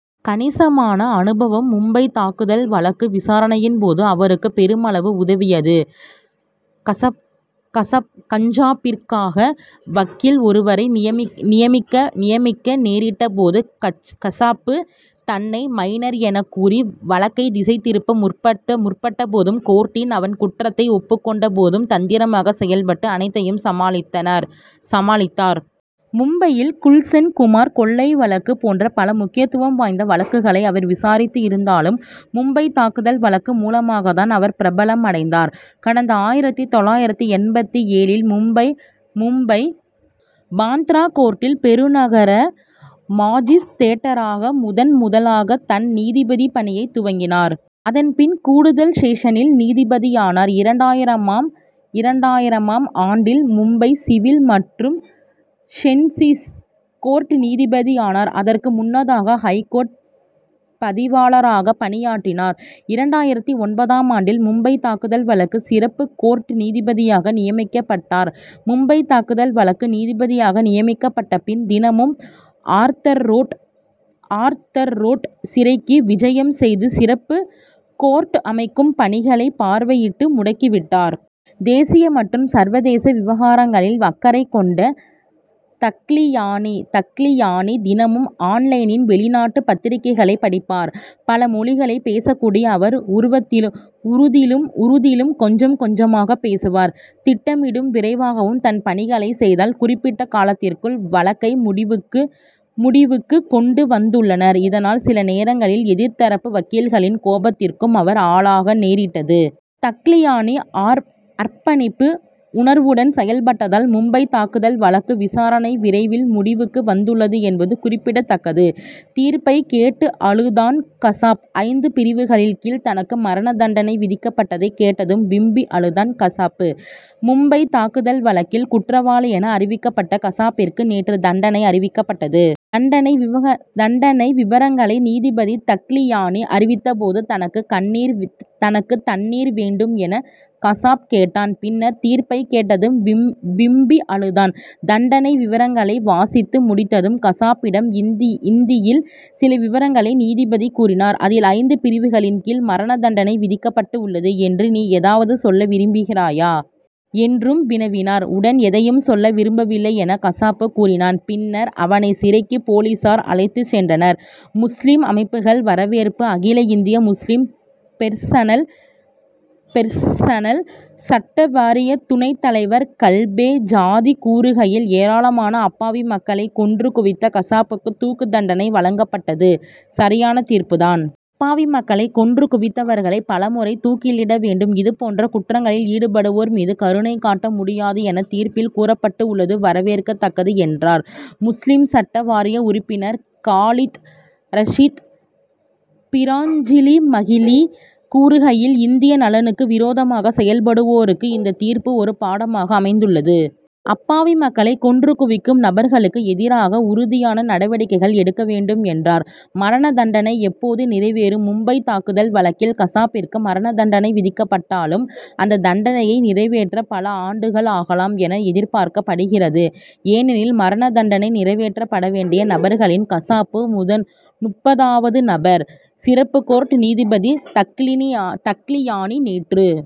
கணிசமான அனுபவம் மும்பைத் தாக்குதல் வழக்கு விசாரணையின் போது அவருக்கு பெருமளவு உதவியது. கசாப்பிற்காக வக்கீல் ஒருவரை நியமிக்க நேரிட்ட போதும் கசாப் தன்னை மைனர் எனக்கூறி வழக்கை திசை திருப்ப முற்பட்ட போதும் கோர்ட்டில் அவன் குற்றத்தை ஒப்புக் கொண்ட போதும் தந்திரமாக செயல்பட்டு அனைத்தையும் சமாளித்தார். மும்பையில் குல்சன் குமார் கொலை வழக்கு போன்ற பல முக்கியத்துவம் வாய்ந்த வழக்குகளை அவர் விசாரித்திருந்தாலும் மும்பைத் தாக்குதல் வழக்கு மூலமாகதான் அவர் பிரபலம் அடைந்தார். கடந்த ஆயிரத்து தொள்ளாயிரத்து எண்பத்து ஏழில் மும்பை பாந்த்ரா கோர்ட்டில் பெருநகர மாஜிஸ்திரேட்டாக முதன் முதலாக தன் நீதிபதி பணியைத் துவக்கினார். அதன்பின் கூடுதல் செஷன்ஸ் நீதிபதியானார். இரண்டாயிரமாம் ஆண்டில் மும்பை சிவில் மற்றும் செஷன்ஸ் கோர்ட் நீதிபதியானார். அதற்கு முன்னதாக ஐகோர்ட் பதிவாளராக பணியாற்றினார். இரண்டாயிரத்து ஒன்பதாம் ஆண்டில் மும்பைத் தாக்குதல் வழக்கு சிறப்பு கோர்ட் நீதிபதியாக நியமிக்கப்பட்டார். மும்பைத் தாக்குதல் வழக்கு நீதிபதியாக நியமிக்கப்பட்ட பின் தினமும் ஆர்தர் ரோடு சிறைக்கு விஜயம் செய்து சிறப்பு கோர்ட் அமைக்கும் பணிகளை பார்வையிட்டு முடுக்கி விட்டார். தேசிய மற்றும் சர்வதேச விவகாரங்களில் அக்கறை கொண்ட தகிலியானி தினமும் ஆன் லைனில் வெளிநாட்டு பத்திரிகைகளைப் படிப்பார். பல மொழிகளைப் பேசக்கூடிய அவர் உருதிலும் கொஞ்சம் கொஞ்சம் பேசுவார். திட்டமிட்டும் விரைவாகவும் தன் பணிகளைச் செய்ததால் குறிப்பிட்ட காலத்திற்குள் வழக்கை முடிவுக்கு கொண்டு வந்துள்ளார். இதனால் சில நேரங்களில் எதிர்தரப்பு வக்கீல்களின் கோபத்திற்கும் அவர் ஆளாக நேரிட்டது. தகிலியானி அர்ப்பணிப்பு உணர்வுடன் செயல்பட்டதால் மும்பைத் தாக்குதல் வழக்கு விசாரணை விரைவில் முடிவுக்கு வந்துள்ளது என்பது குறிப்பிடத்தக்கது. தீர்ப்பை கேட்டு அழுதான் கசாப் ஐந்து பிரிவுகளின் கீழ் தனக்கு மரண தண்டனை விதிக்கப்பட்டதை கேட்டதும் விம்மி அழுதான் கசாப். மும்பை தாக்குதல் வழக்கில் குற்றவாளியென அறிவிக்கப்பட்ட கசாப்பிற்கு நேற்று தண்டனை அறிவிக்கப்பட்டது. தண்டனை விபரங்களை நீதிபதி தகிலியானி அறிவித்த போது தனக்கு தண்ணீர் வேண்டும் என கசாப் கேட்டான். பின்னர் தீர்ப்பை கேட்டதும் விம்மி அழுதான். தண்டனை விபரங்களை வாசித்து முடித்ததும் கசாப்பிடம் இந்தியில் சில விபரங்களை நீதிபதி கூறினார். அதில் ஐந்து பிரிவுகளின் கீழ் மரண தண்டனை விதிக்கப்பட்டுள்ளது என்றும் நீ ஏதாவது சொல்ல விரும்புகிறாயா? என்றும் வினவினார். உடன் எதையும் சொல்ல விரும்பவில்லை என கசாப் கூறினான். பின்னர் அவனை சிறைக்கு போலீசார் அழைத்து சென்றனர். முஸ்லிம் அமைப்புகள் வரவேற்பு அகில இந்திய முஸ்லிம் பெர்சனல் சட்ட வாரிய துணை தலைவர் கல்பே சாதிக் கூறுகையில் ஏராளமான அப்பாவி மக்களை கொன்று குவித்த கசாபுக்கு தூக்கு தண்டனை வழங்கப்பட்டது சரியான தீர்ப்பு தான். அப்பாவி மக்களை கொன்று குவித்தவர்களை பல முறை தூக்கிலிட வேண்டும். இதுபோன்ற குற்றங்களில் ஈடுபடுவோர் மீது கருணை காட்ட முடியாது என தீர்ப்பில் கூறப்பட்டுள்ளது வரவேற்கத்தக்கது என்றார். முஸ்லிம் சட்ட வாரிய உறுப்பினர் காலித் ரசீத் பிராஞ்சிமகிலி கூறுகையில் இந்திய நலனுக்கு விரோதமாக செயல்படுவோருக்கு இந்த தீர்ப்பு ஒரு பாடமாக அமைந்துள்ளது. அப்பாவி மக்களை கொன்று குவிக்கும் நபர்களுக்கு எதிராக உறுதியான நடவடிக்கைகள் எடுக்க வேண்டும் என்றார். மரண தண்டனை எப்போது நிறைவேறும் மும்பைத் தாக்குதல் வழக்கில் கசாப்பிற்கு மரண தண்டனை விதிக்கப்பட்டாலும் அந்த தண்டனையை நிறைவேற்ற பல ஆண்டுகள் ஆகலாம் என எதிர்பார்க்கப்படுகிறது. ஏனெனில் மரண தண்டனை நிறைவேற்றப்பட வேண்டிய நபர்களில் கசாப் முப்பதாவது நபர். சிறப்பு கோர்ட் நீதிபதி தகிலியானி நேற்று